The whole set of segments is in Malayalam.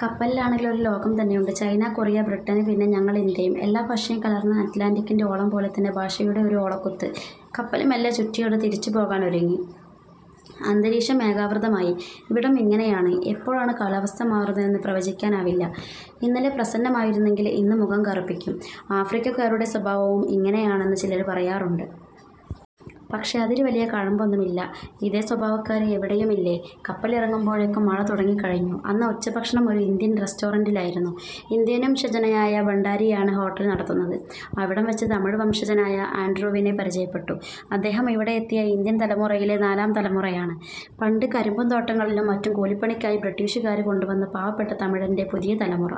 കപ്പലിലാണെങ്കില് ഒരു ലോകം തന്നെയുണ്ട്. ചൈന, കൊറിയ, ബ്രിട്ടന്, പിന്നെ ഞങ്ങളിന്ത്യയും, എല്ലാ ഭാഷയും കലര്ന്ന് അറ്റ്ലാന്റിക്കിന്റെ ഓളംപോലെതന്നെ ഭാഷയുടെ ഒരു ഓളക്കുത്ത്. കപ്പല് മെല്ലെ ചുറ്റിയെടുത്ത് തിരിച്ചുപോകാനൊരുങ്ങി. അന്തരീക്ഷം മേഘാവൃതമായി. ഇവിടം ഇങ്ങനെയാണ് എപ്പോഴാണ് കാലാവസ്ഥ മാറുന്നതെന്ന് പ്രവചിക്കാനാവില്ല. ഇന്നലെ പ്രസന്നമായിരുന്നെങ്കില് ഇന്ന് മുഖം കറുപ്പിക്കും. ആഫ്രിക്കക്കാരുടെ സ്വഭാവവും ഇങ്ങനെയാണെന്ന് ചിലര് പറയാറുണ്ട്. പക്ഷേ, അതില് വലിയ കഴമ്പൊന്നുമില്ല. ഇതേ സ്വഭാവക്കാര് എവിടെയുമില്ലേ. കപ്പലിറങ്ങുമ്പോഴേക്കും മഴ തുടങ്ങിക്കഴിഞ്ഞു. അന്ന് ഉച്ചഭക്ഷണം ഒരു ഇന്ത്യന് റെസ്റ്റോറന്റിലായിരുന്നു. ഇന്ത്യന്വംശജനായ ഭണ്ഡാരിയാണ് ഹോട്ടല് നടത്തുന്നത്. അവിടെവെച്ച് തമിഴ് വംശജനായ ആന്ഡ്രൂവിനെ പരിചയപ്പെട്ടു. അദ്ദേഹം ഇവിടെയെത്തിയ ഇന്ത്യന് തലമുറയിലെ നാലാംതലമുറയാണ്. പണ്ട് കരിമ്പുതോട്ടങ്ങളിലും മറ്റും കൂലിപ്പണിക്കായി ബ്രിട്ടീഷുകാര് കൊണ്ടുവന്ന പാവപ്പെട്ട തമിഴന്റെ പുതിയതലമുറ.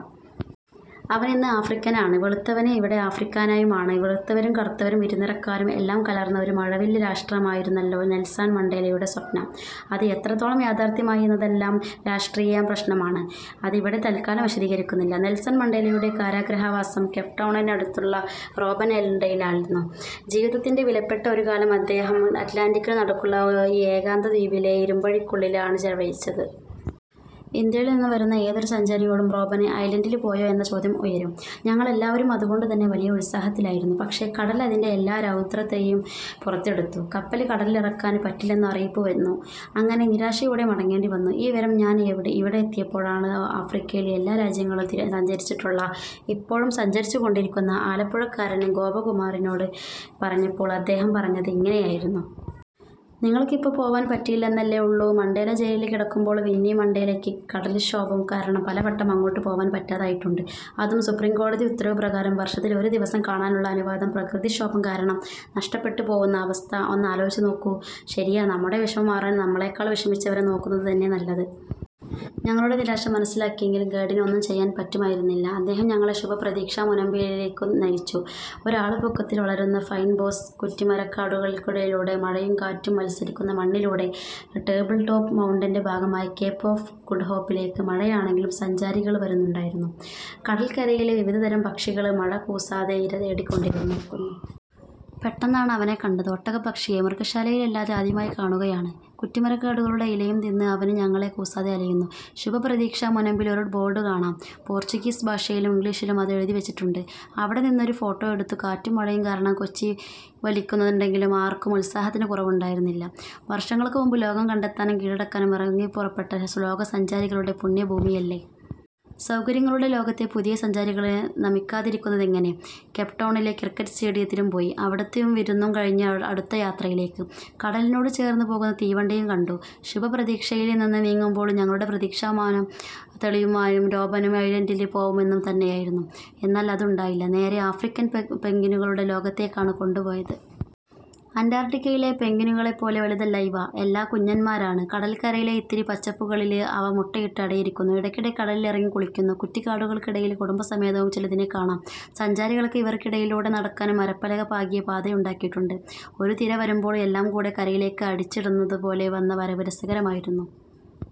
അവനിന്ന് ആഫ്രിക്കന് ആണ്. വെളുത്തവന് ഇവിടെ ആഫ്രിക്കാനയുമാണ്. വെളുത്തവരും കറുത്തവരും ഇരുനിറക്കാരും എല്ലാം കലര്ന്ന ഒരു മഴവില് രാഷ്ട്രമായിരുന്നല്ലോ നെല്സണ് മണ്ടേലയുടെ സ്വപ്നം. അത് എത്രത്തോളം യാഥാര്ഥ്യമായി എന്നതെല്ലാം രാഷ്ട്രീയ പ്രശ്നമാണ്. അതിവിടെ തത്കാലം വിശദീകരിക്കുന്നില്ല. നെല്സണ് മണ്ടേലയുടെ കാരാഗൃഹവാസം കേപ്ടൗണിനടുത്തുള്ള റോബന് ഐലന്ഡിലായിരുന്നു. ജീവിതത്തിന്റെ വിലപ്പെട്ട ഒരു കാലം അദ്ദേഹം അറ്റ്ലാന്റിക്കിനു നടുക്കുള്ള ഈ ഏകാന്തദ്വീപിലെ ഇരുമ്പഴികള്ക്കുള്ളിലാണ് ചെലവഴിച്ചത്. ഇന്ത്യയില്നിന്നു വരുന്ന ഏതൊരു സഞ്ചാരിയോടും റോബന് ഐലന്ഡില് പോയോ എന്ന ചോദ്യം ഉയരും. ഞങ്ങളെല്ലാവരും അതുകൊണ്ടുതന്നെ വലിയ ഉത്സാഹത്തിലായിരുന്നു. പക്ഷേ, കടല് അതിന്റെ എല്ലാ രൗദ്രതയും പുറത്തെടുത്തു. കപ്പല് കടലിലിറക്കാന് പറ്റില്ലെന്നറിയിപ്പു വന്നു. അങ്ങനെ നിരാശയോടെ മടങ്ങേണ്ടിവന്നു. ഈ വിവരം ഞാന് ഇവിടെയെത്തിയപ്പോള് ആഫ്രിക്കയില് എല്ലാ രാജ്യങ്ങളിലും സഞ്ചരിച്ചിട്ടുള്ള ഇപ്പോഴും സഞ്ചരിച്ചുകൊണ്ടിരിക്കുന്ന ആലപ്പുഴക്കാരന് ഗോപകുമാറിനോട് പറഞ്ഞപ്പോള് അദ്ദേഹം പറഞ്ഞത് ഇങ്ങനെയായിരുന്നു. ''നിങ്ങള്ക്കിപ്പോ പോവാന് പറ്റിയില്ലെന്നല്ലേ ഉള്ളൂ. മണ്ടേല ജയിലില് കിടക്കുമ്പോള് വിന്നി മണ്ടേലയ്ക്ക് കടല്ക്ഷോഭം കാരണം പലവട്ടം അങ്ങോട്ട് പോവാന് പറ്റാതായിട്ടുണ്ട്. അതും സുപ്രീംകോടതി ഉത്തരവ് പ്രകാരം വര്ഷത്തില് ഒരു ദിവസം കാണാനുള്ള അനുവാദം പ്രകൃതിക്ഷോഭം കാരണം നഷ്ടപ്പെട്ടുപോവുന്ന അവസ്ഥ ഒന്നാലോചിച്ചുനോക്കൂ. ' ശരിയാ നമ്മുടെ വിഷമം മാറാന് നമ്മളെക്കാള് വിഷമിച്ചവരെ നോക്കുന്നതുതന്നെ നല്ലത്. ഞങ്ങളുടെ നിരാശ മനസ്സിലാക്കിയെങ്കിലും ഗൈഡിന് ഒന്നും ചെയ്യാന് പറ്റുമായിരുന്നില്ല. അദ്ദേഹം ഞങ്ങളെ ശുഭപ്രതീക്ഷാ മുനമ്പിലേക്ക് നയിച്ചു. ഒരാള്പൊക്കത്തില് വളരുന്ന ഫൈന്ബോസ് കുറ്റിമരക്കാടുകള്ക്കിടയിലൂടെ മഴയും കാറ്റും മത്സരിക്കുന്ന മണ്ണിലൂടെ ടേബിള്ടോപ് മൗണ്ടന്റെ ഭാഗമായ കേപ് ഓഫ് ഗുഡ്ഹോപ്പിലേക്ക്. മഴയാണെങ്കിലും സഞ്ചാരികള് വരുന്നുണ്ടായിരുന്നു. കടല്ക്കരയില് വിവിധതരം പക്ഷികള് മഴ കൂസാതെ ഇരതേടിക്കൊണ്ടിരിക്കുന്നു. പെട്ടെന്നാണ് അവനെ കണ്ടത്, ഒട്ടകപ്പക്ഷിയെ. മൃഗശാലയിലല്ലാതെ ആദ്യമായി കാണുകയാണ്. കുറ്റിമരക്കാടുകളുടെ ഇലയും തിന്ന് അവന് ഞങ്ങളെ കൂസാതെ അലയുന്നു. ശുഭപ്രതീക്ഷാ മുനമ്പില് ഒരു ബോര്ഡ് കാണാം. പോര്ച്ചുഗീസ് ഭാഷയിലും ഇംഗ്ലീഷിലും അതെഴുതിവെച്ചിട്ടുണ്ട്. അവിടെനിന്നൊരു ഫോട്ടോ എടുത്തു. കാറ്റും മഴയും കാരണം കോച്ചിവലിക്കുന്നുണ്ടെങ്കിലും ആര്ക്കും ഉത്സാഹത്തിന് കുറവുണ്ടായിരുന്നില്ല. വര്ഷങ്ങള്ക്കുമുന്പ് ലോകം കണ്ടെത്താനും കീഴടക്കാനും ഇറങ്ങിപ്പുറപ്പെട്ട ലോകസഞ്ചാരികളുടെ പുണ്യഭൂമിയല്ലേ. സൗകര്യങ്ങളുടെ ലോകത്തെ പുതിയ സഞ്ചാരികള് നമിക്കാതിരിക്കുന്നതെങ്ങനെ. കേപ്ടൗണിലെ ക്രിക്കറ്റ് സ്റ്റേഡിയത്തിലും പോയി. അവിടുത്തെ വിരുന്നും കഴിഞ്ഞ് അടുത്ത യാത്രയിലേക്ക്. കടലിനോട് ചേര്ന്ന് പോകുന്ന തീവണ്ടിയും കണ്ടു. ശുഭപ്രതീക്ഷയില്നിന്ന് നീങ്ങുമ്പോള് ഞങ്ങളുടെ പ്രതീക്ഷ മാനം തെളിയുമെന്നും റോബന് ഐലന്ഡില് പോവുമെന്നും തന്നെയായിരുന്നു. എന്നാല് അതുണ്ടായില്ല. നേരെ ആഫ്രിക്കന് പെന്ഗ്വിനുകളുടെ ലോകത്തേക്കാണ് കൊണ്ടുപോയത്. അന്റാര്ട്ടിക്കയിലെ പെന്ഗ്വിനുകളെപ്പോലെ വലുതല്ല ഇവ. എല്ലാം കുഞ്ഞന്മാരാണ്. കടല്ക്കരയിലെ ഇത്തിരി പച്ചപ്പുകളില് അവ മുട്ടയിട്ട് അടയിരിക്കുന്നു. ഇടയ്ക്ക് കടലിലിറങ്ങി കുളിക്കുന്നു. കുറ്റിക്കാടുകള്ക്കിടയില് കുടുംബസമേതവും ചിലതിനെ കാണാം. സഞ്ചാരികള്ക്ക് ഇവര്ക്കിടയിലൂടെ നടക്കാന് മരപ്പലക പാകിയ പാതയുണ്ടാക്കിയിട്ടുണ്ട്. ഒരു തിര വരുമ്പോള് എല്ലാം കൂടെ കരയിലേക്ക് അടിച്ചിടുന്നതുപോലെ വന്ന വരവ് രസകരമായിരുന്നു.